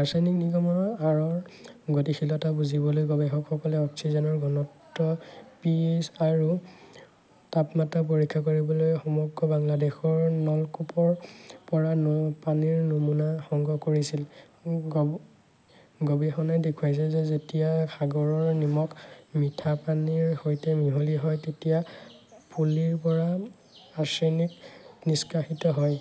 Arsenic নিৰ্গমনৰ আঁৰৰ গতিশীলতা বুজিবলৈ গৱেষকসকলে অক্সিজেনৰ ঘনত্ব, পিএইচ আৰু তাপমাত্ৰা পৰীক্ষা কৰিবলৈ সমগ্ৰ বাংলাদেশৰ নলকূপৰ পৰা পানীৰ নমুনা সংগ্ৰহ কৰিছিল। গৱেষণাই দেখুৱাইছে যে যেতিয়া সাগৰৰ নিমখ মিঠা পানীৰ সৈতে মিহলি হয়, তেতিয়া পলিৰ পৰা আৰ্ছেনিক নিষ্কাশিত হয়,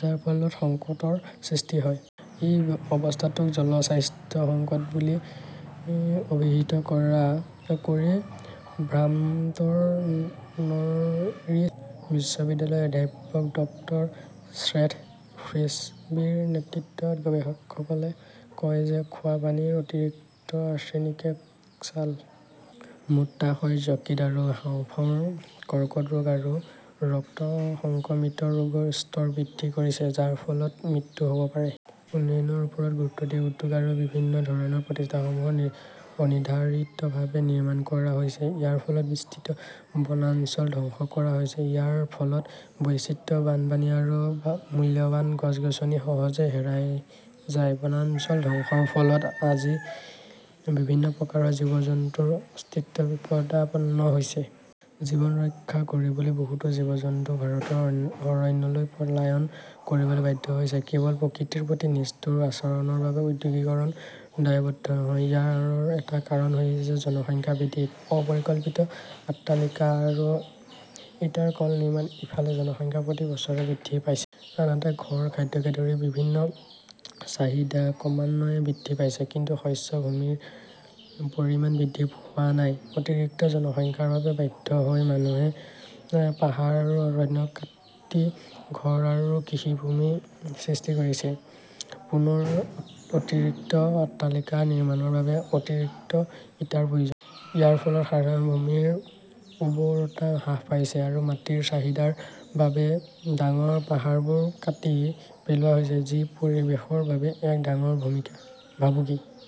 যাৰ ফলত সংকটৰ সৃষ্টি হয়। এই অৱস্থাটোক জনস্বাস্থ্য সংকট বুলি অভিহিত কৰি ভাৰ্মণ্টৰ নৰউইচ বিশ্ববিদ্যালয়ৰ অধ্যাপক ডক্তৰ ছেথ ফ্ৰিছবীৰ নেতৃত্বত গৱেষকসকলে কয় যে খোৱা পানীৰ অতিৰিক্ত আৰ্ছেনিকে ছাল, মূত্ৰাশয়, যকৃত আৰু হাঁওফাঁওৰ কৰ্কট ৰোগ আৰু ৰক্ত সংক্ৰমিত ৰোগৰ স্তৰ বৃদ্ধি কৰিছে, যাৰ ফলত মৃত্যু হ'ব পাৰে। উন্নয়নৰ ওপৰত গুৰুত্ব দি উদ্যোগ আৰু বিভিন্ন ধৰণৰ প্ৰতিষ্ঠানসমূহ অনিৰ্ধাৰিতভাৱে নিৰ্মাণ কৰা হৈছে। ইয়াৰ ফলত বিস্তৃত বনাঞ্চল ধ্বংস কৰা হৈছে। ইয়াৰ ফলত বৈচিত্ৰ্য, বন্যপ্ৰাণী আৰু মূল্যৱান গছ-গছনি সহজে হেৰাই যায়। বনাঞ্চল ধ্বংসৰ ফলত আজি বিভিন্ন প্ৰকাৰৰ জীৱ-জন্তুৰ অস্তিত্ব বিপদাপন্ন হৈছে। জীৱন ৰক্ষা কৰিবলৈ বহুতো জীৱ-জন্তু ভাৰতৰ অৰণ্যলৈ পলায়ন কৰিবলৈ বাধ্য হৈছে। কেৱল প্ৰকৃতিৰ প্ৰতি নিষ্ঠুৰ আচৰণৰ বাবে ঔদ্যোগিকৰণ দায়বদ্ধ নহয়। ইয়াৰ আঁৰৰ এটা কাৰণ হৈছে জনসংখ্যা বৃদ্ধি, অপৰিকল্পিত অট্টালিকা আৰু ইটাৰ কল নিৰ্মাণ। এফালে, জনসংখ্যা প্ৰতি বছৰে বৃদ্ধি পাইছে। আনহাতে, ঘৰ, খাদ্যকে ধৰি বিভিন্ন চাহিদা ক্ৰমান্বয়ে বৃদ্ধি পাইছে, কিন্তু শস্য ভূমিৰ পৰিমাণ বৃদ্ধি হোৱা নাই। অতিৰিক্ত জনসংখ্যাৰ বাবে বাধ্য হৈ মানুহে পাহাৰ আৰু অৰণ্য কাটি ঘৰ আৰু কৃষিভূমি সৃষ্টি কৰিছে। পুনৰ অতিৰিক্ত অট্টালিকা নিৰ্মাণৰ বাবে অতিৰিক্ত ইটাৰ প্ৰয়োজন। ইয়াৰ ফলত সাধাৰণ ভূমিৰ উৰ্বৰতা হ্ৰাস পাইছে আৰু মাটিৰ চাহিদাৰ বাবে ডাঙৰ পাহাৰবোৰ কাটি পেলোৱা হৈছে, যি পৰিৱেশৰ বাবে এক ডাঙৰ ভাবুকি।